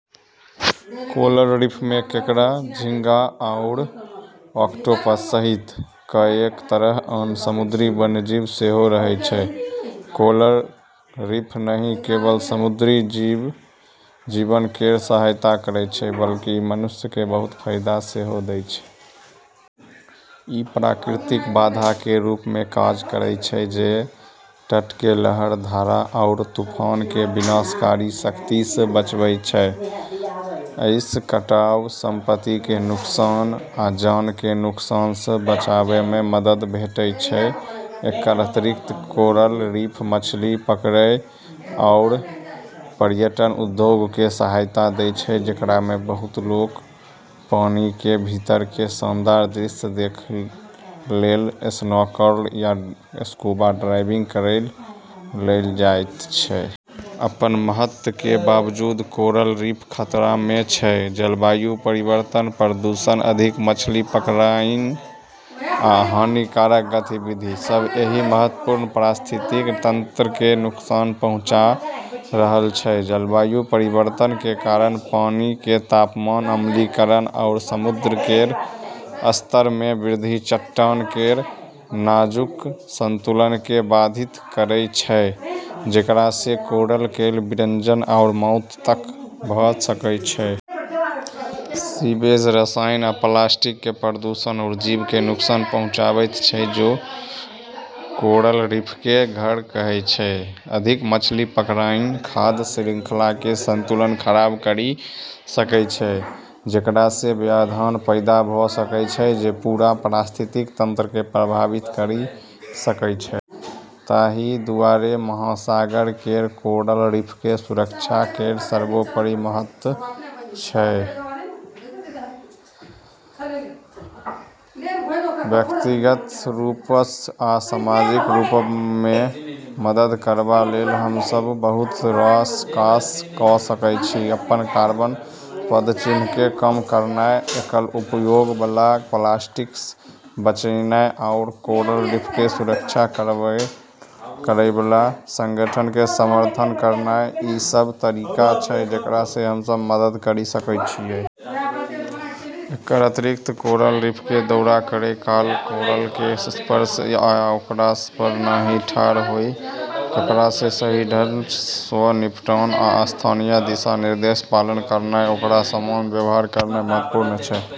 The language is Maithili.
कोरल रीफमे केकड़ा, झींगा, आओर ऑक्टोपस सहित कएक तरहक आन समुद्री वन्यजीव सेहो रहै छै। कोरल रीफ नहि केवल समुद्री जीवन केर सहायता करै छै, बल्कि ई मनुष्यके बहुत फाइदा सेहो दै छै। ई प्राकृतिक बाधाके रूपमे काज करै छै, जे तटके लहर, धारा आओर तूफानके विनाशकारी शक्तिसँ बचबै छै। अइसँ कटाव, संपत्तिके नुकसान, आ जानके नुकसानसँ बचावमे मदद भेटैत छै । एकर अतिरिक्त, कोरल रीफ मछली पकड़ै आओर पर्यटन उद्योगके सहायता दै छै, जेकरामे बहुत लोक पानिके भीतरके शानदार दृश्य देखै लेल स्नॉर्कल या स्कूबा डाइविंग करै लेल जाइत छै। अपन महत्वके बावजूद कोरल रीफ खतरामे छै। जलवायु परिवर्तन, प्रदूषण, अधिक मछली पकड़नाइ, आ अन्य हानिकारक गतिविधि सब, एहि महत्वपूर्ण पारिस्थितिकी तंत्रके नुकसान पहुंचा रहल छै । जलवायु परिवर्तनके कारण पानिके तापमान, अम्लीकरण, आओर समुद्र केर स्तरमे वृद्धि चट्टान केर नाजुक संतुलनके बाधित करि सकै छै, जेकरासँ कोरल केर विरंजन आओर मौत तक भ' सकै छै। सीवेज, रसायन आ प्लास्टिकसँ प्रदूषण ओ जीवके नुकसान पहुंचाबैत छै जे कोरल रीफके घर कहै छै । अधिक मछली पकड़नाइ खाद्य श्रृंखलाके संतुलन खराब करि सकय छै, जेकरासँ व्यवधान पैदा भ' सकय छै जे पूरा पारिस्थितिकी तंत्रके प्रभावित करि सकय छै। ताहि दुआरे महासागर केर कोरल रीफके सुरक्षा केर सर्वोपरि महत्व छै। व्यक्तिगत रूपसँ आ सामाजिक रूपमे मदद करबा लेल हम सब बहुत रास काज क' सकैत छी। अपन कार्बन पदचिह्नके कम करनाइ, एकल उपयोगबला प्लास्टिकसँ बचनाइ, आओर कोरल रीफके सुरक्षा करैबला संगठनके समर्थन करनाइ, ई सब तरीका छै जेकरासँ हमसब मदद करि सकै छियै। एकर अतिरिक्त, कोरल रीफके दौरा करै काल, कोरलके स्पर्श या ओकरा पर नहि ठार होइ, कचराके सही ढङ्ग सँ निपटान, आ स्थानीय दिशा निर्देशके पालन करनाइ, ओकरा सम्मानसँ व्यवहार करनाइ महत्वपूर्ण छै ।